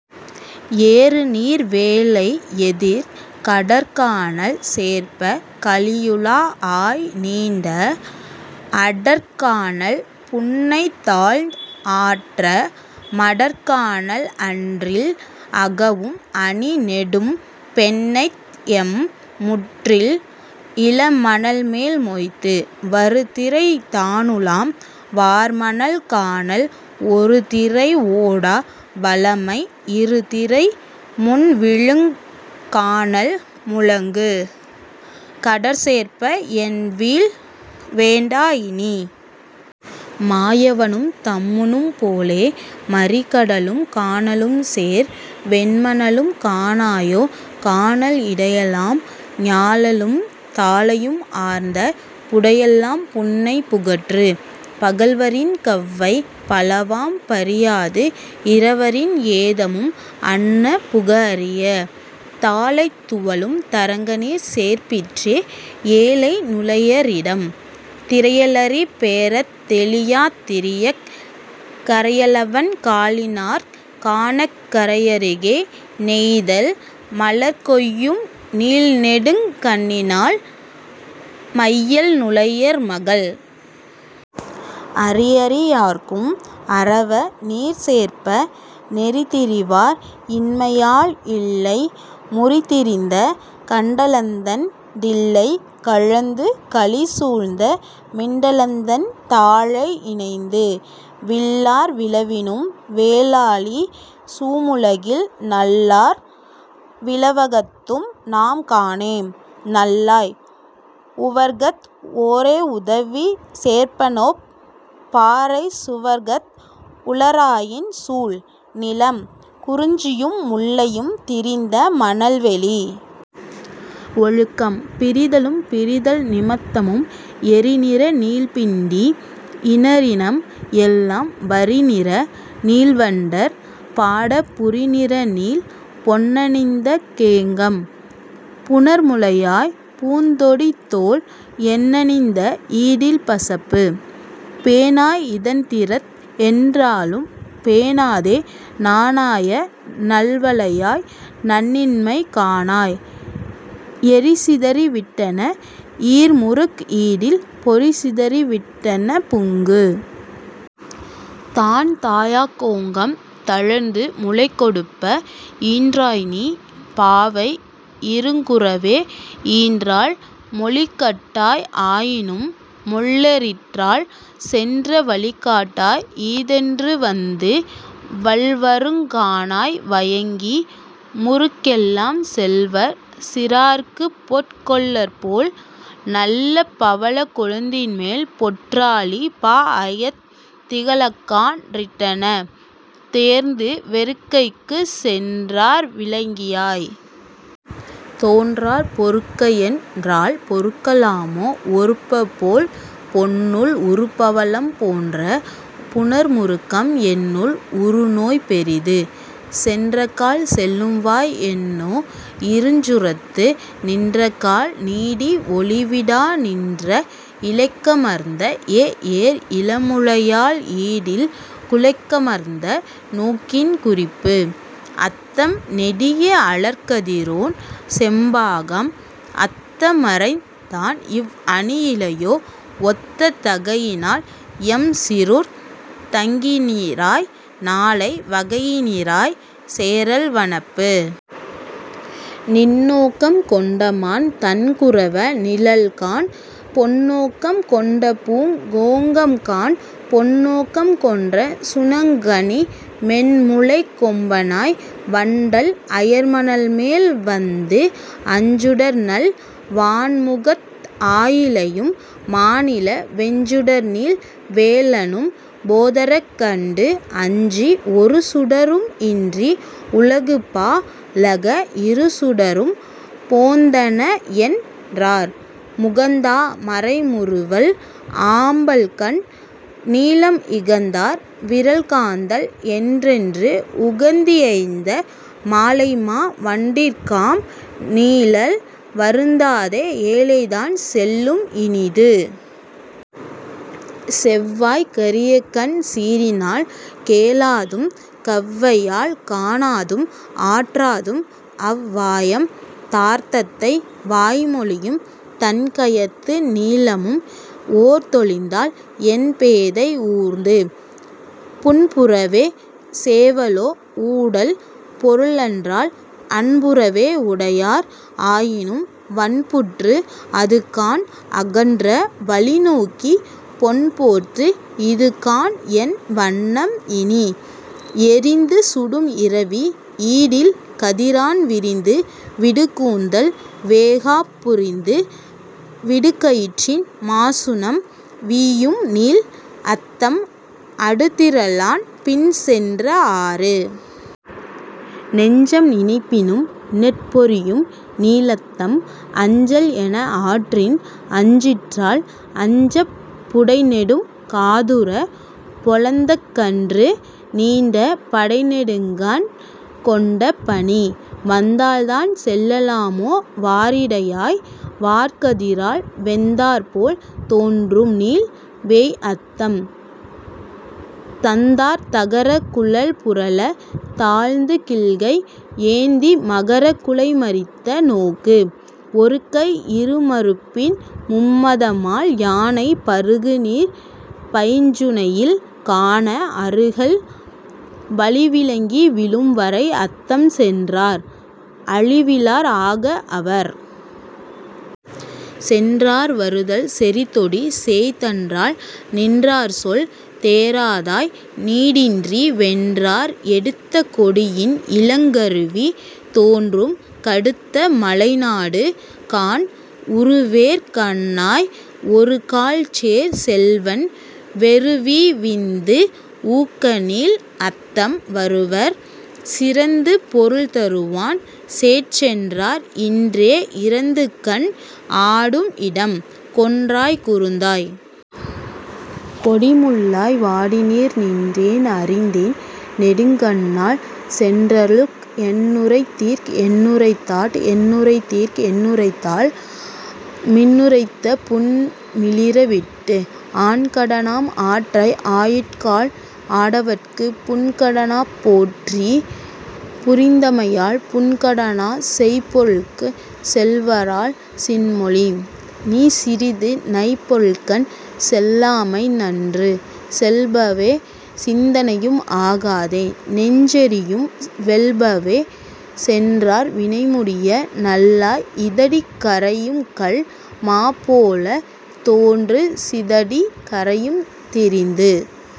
ஏறுநீர் வேலை எதிர். கடற்கானல் சேர்ப்ப! கழியுலாஅய் நீண்ட அடற்கானல் புன்னைதாழ்ந் ஆற்ற மடற்கானல் அன்றில் அகவும் அணிநெடும் பெண்ணைத்எம் முன்றில் இளமணல்மேல் மொய்த்து. வருதிரை தானுலாம் வார்மணல் கானல் ஒருதிரை ஓடா வளமை இருதிரை முன்வீழுங் கானல் முழங்கு கடற்சேர்ப்ப! என்வீழல் வேண்டா இனி. மாயவனும் தம்முனும் போலே மறிகடலும் கானலும்சேர் வெண்மணலும் காணாயோ கானல் இடையெலாம் ஞாழலும் தாழையும் ஆர்ந்த புடையெலாம் புன்னை புகன்று? பகல்வரின் கவ்வை பலவாம் பரியாது இரவரின் ஏதமும் அன்ன புகஅரிய தாழை துவளும் தரங்கநீர்ச் சேர்ப்பிற்றே ஏழை நுளையர் இடம். திரையலறிப் பேராத் தெழியாத் திரியாக் கரையலவன் காலினாற் கானாக் கரையருகே நெய்தல் மலர்கொய்யும் நீள்நெடுங் கண்ணினாள் மையல் நுளையர் மகள். அறிஅரி யார்க்கும் அரவ நீர்ச் சேர்ப்ப! நெறிதிரிவார் இன்மையால் இல்லை முறிதிரிந்த கண்டலந்தண் டில்லை கலந்து கழிசூழ்ந்த மிண்டலந்தண் தாழை இணைந்து. வில்லார் விழவினும் வேலாழி சூழுலகில் நல்லார் விழவகத்தும் நாம்காணேம் நல்லாய்! உவர்கத் ஒரோஉதவிச் சேர்ப்பன்ஒப் பாரைச் சுவர்கத் உளராயின் சூழ். நிலம்: குறிஞ்சியும் முல்லையும் திரிந்த மணல்வெளி. ஒழுக்கம்: பிரிதலும் பிரிதல் நிமத்தமும். எரிநிற நீள்பிண்டி இணரினம் எல்லாம் வரிநிற நீள்வண்டர் பாடப் புரிநிறநீள் பொன்னணிந்த கோங்கம் புணர் முலையாய்! பூந்தொடித்தோள் என்னணிந்த ஈடில் பசப்பு? பேணாய் இதன்திறத் என்றாலும் பேணாதே நாணாய நல்வளையாய் நாணிண்மை காணாய் எரிசிதறி விட்டன்ன ஈர்முருக் ஈடில் பொரிசிதறி விட்டன்ன புன்கு. தான்தாயாக் கோங்கம் தளர்ந்து முலைகொடுப்ப ஈன்றாய்நீ பாவை இருங் குரவே! ஈன்றாள் மொழிகாட்டாய் ஆயினும் முள்ளெயிற்றாள் சென்ற வழிகாட்டாய் ஈதென்று வந்து. வல்வருங் காணாய் வயங்கி முருக்கெல்லாம் செல்வர் சிறார்க்குப்பொற் கொல்லர்போல் நல்ல பவளக் கொழுந்தின்மேல் பொற்றாலி பாஅய்த் திகழக்கான் றிட்டன தேர்ந்து! வெறுக்கைக்குச் சென்றார் விளங்கிழாய்! தோன்றார் பொறுக்கஎன் றால்பொறுக்க லாமோ? ஒறுப்பபோல் பொன்னுள் உறுபவளம் போன்ற புணர்முருக்கம் என்னுள் உறுநோய் பெரிது! சென்றக்கால் செல்லும்வாய் என்னோ? இருஞ்சுரத்து நின்றக்கால் நீடி ஒளிவிடா நின்ற இழைக்கமர்ந்த ஏஏர் இளமுலையாள் ஈடில் குழைக்கமர்ந்த நோக்கின் குறிப்பு! அத்தம் நெடிய அழற்கதிரோன் செம்பாகம் அத்தமறைந் தான்இவ் அணியிழையோ ஒத்த தகையினால் எம்சீறூர்த் தங்கினிராய் நாளை வகையினிராய்ச் சேறல் வனப்பு. நின்நோக்கம் கொண்டமான் தண்குரவ நீழல்காண் பொன்நோக்கம் கொண்டபூங் கோங்கம்காண் பொன் நோக்கம் கொண்ட சுணங்கணி மென்முலைக் கொம்பன்னாய்! வண்டல் அயர்மணல்மேல் வந்து! அஞ்சுடர்நள் வாண்முகத் ஆயிழையும் மாநிலா வெஞ்சுடர்நீள் வேலானும் போதரக் கண்டு அஞ்சி ஒருசுடரும் இன்றி உலகுபா ழாக இருசுடரும் போந்தனஎன் றார். முகந்தா மரைமுறுவல் ஆம்பல்கண் நீலம் இகந்தார் விரல்காந்தள் என்றென்று உகந்தியைந்த மாழைமா வண்டிற்காம் நீழல் வருந்தாதே ஏழைதான் செல்லும் இனிது. செவ்வாய்க் கரியகண் சீரினால் கேளாதும் கவ்வையால் காணாதும் ஆற்றாதும் அவ் வாயம் தார்த்தத்தை வாய்மொழியும் தண்கயத்து நீலமும் ஓர்த்தொழிந்தாள் என்பேதை ஊர்ந்து. புன்புறவே! சேவலோ ஊடல் பொருளன்றால் அன்புறவே உடையார் ஆயினும் வன்புற்று அதுகாண் அகன்ற வழிநோக்கிப் பொன்போர்த்து இதுகாண்என் வண்ணம் இனி! எரிந்து சுடும்இரவி ஈடில் கதிரான் விரிந்து விடுகூந்தல் வெ·காப் புரிந்து விடுகயிற்றின் மாசுணம் வீயும்நீள் அத்தம் அடுதிறலான் பின் சென்ற ஆறு. நெஞ்சம் நினைப்பினும் நெற்பொரியும் நீளத்தம் அஞ்சல் எனஆற்றின் அஞ்சிற்றால் அஞ்சப் புடைநெடும் காதுறப் போழ்ந்தகன்று நீண்ட படைநெடுங்கண் கொண்ட பனி. வந்தால்தான் செல்லாமோ வாரிடையாய்! வார்கதிரால் வெந்தாற்போல் தோன்றும்நீள் வேய்அத்தம் தந்தார் தகரக் குழல்புரளத் தாழ்துகில்கை யேந்தி மகரக் குழைமறித்த நோக்கு? ஒருகை, இருமருப்பின் மும்மதமால் யானை பருகுநீர் பைஞ்சுனையில் காணா அருகல் வழிவிலங்கி வீழும் வரைஅத்தம் சென்றார் அழிவிலர் ஆக அவர்! சென்றார் வருதல் செறிதொடி! சேய்த்தன்றால் நின்றார்சொல் தேறாதாய்! நீடின்றி வென்றார் எடுத்த கொடியின் இலங்கருவி தோன்றும் கடுத்த மலைநாடு காண்! உருவேற் கண்ணாய்! ஒரு கால்தேர்ச் செல்வன் வெருவிவீந்து உக்கநீள் அத்தம் வருவர் சிறந்து பொருள்தருவான் சேட்சென்றார் இன்றே இறந்துகண் ஆடும் இடம். கொன்றாய்! குருந்தாய்! கொடி முல்லாய்! வாடினீர் நின்றேன் அறிந்தேன் நெடுங்கண்ணாள் சென்றாளுக் என்னுரைத்தீர்க் என்னுரைத்தாட் என்னுரைத்தீர்க் என்னுரைத்தாள் மின்னுரைத்த பூண்மிளிர விட்டு? ஆண்கட னாம்ஆற்றை ஆயுங்கால் ஆடவர்க்குப் பூண்கடனாப் போற்றிப் புரிந்தமையால் பூண்கடனாச் செய்பொருட்குச் செல்வரால் சின்மொழி! நீசிறிது நைபொருட்கண் செல்லாமை நன்று. செல்பவோ சிந்தனையும் ஆகாதே நெஞ்செரியும் வெல்பவோ சென்றார் வினைமுடிய நல்லாய் இதடி கரையும்கல் மாபோலத் தோன்றுச் சிதடி கரையும் திரிந்து.।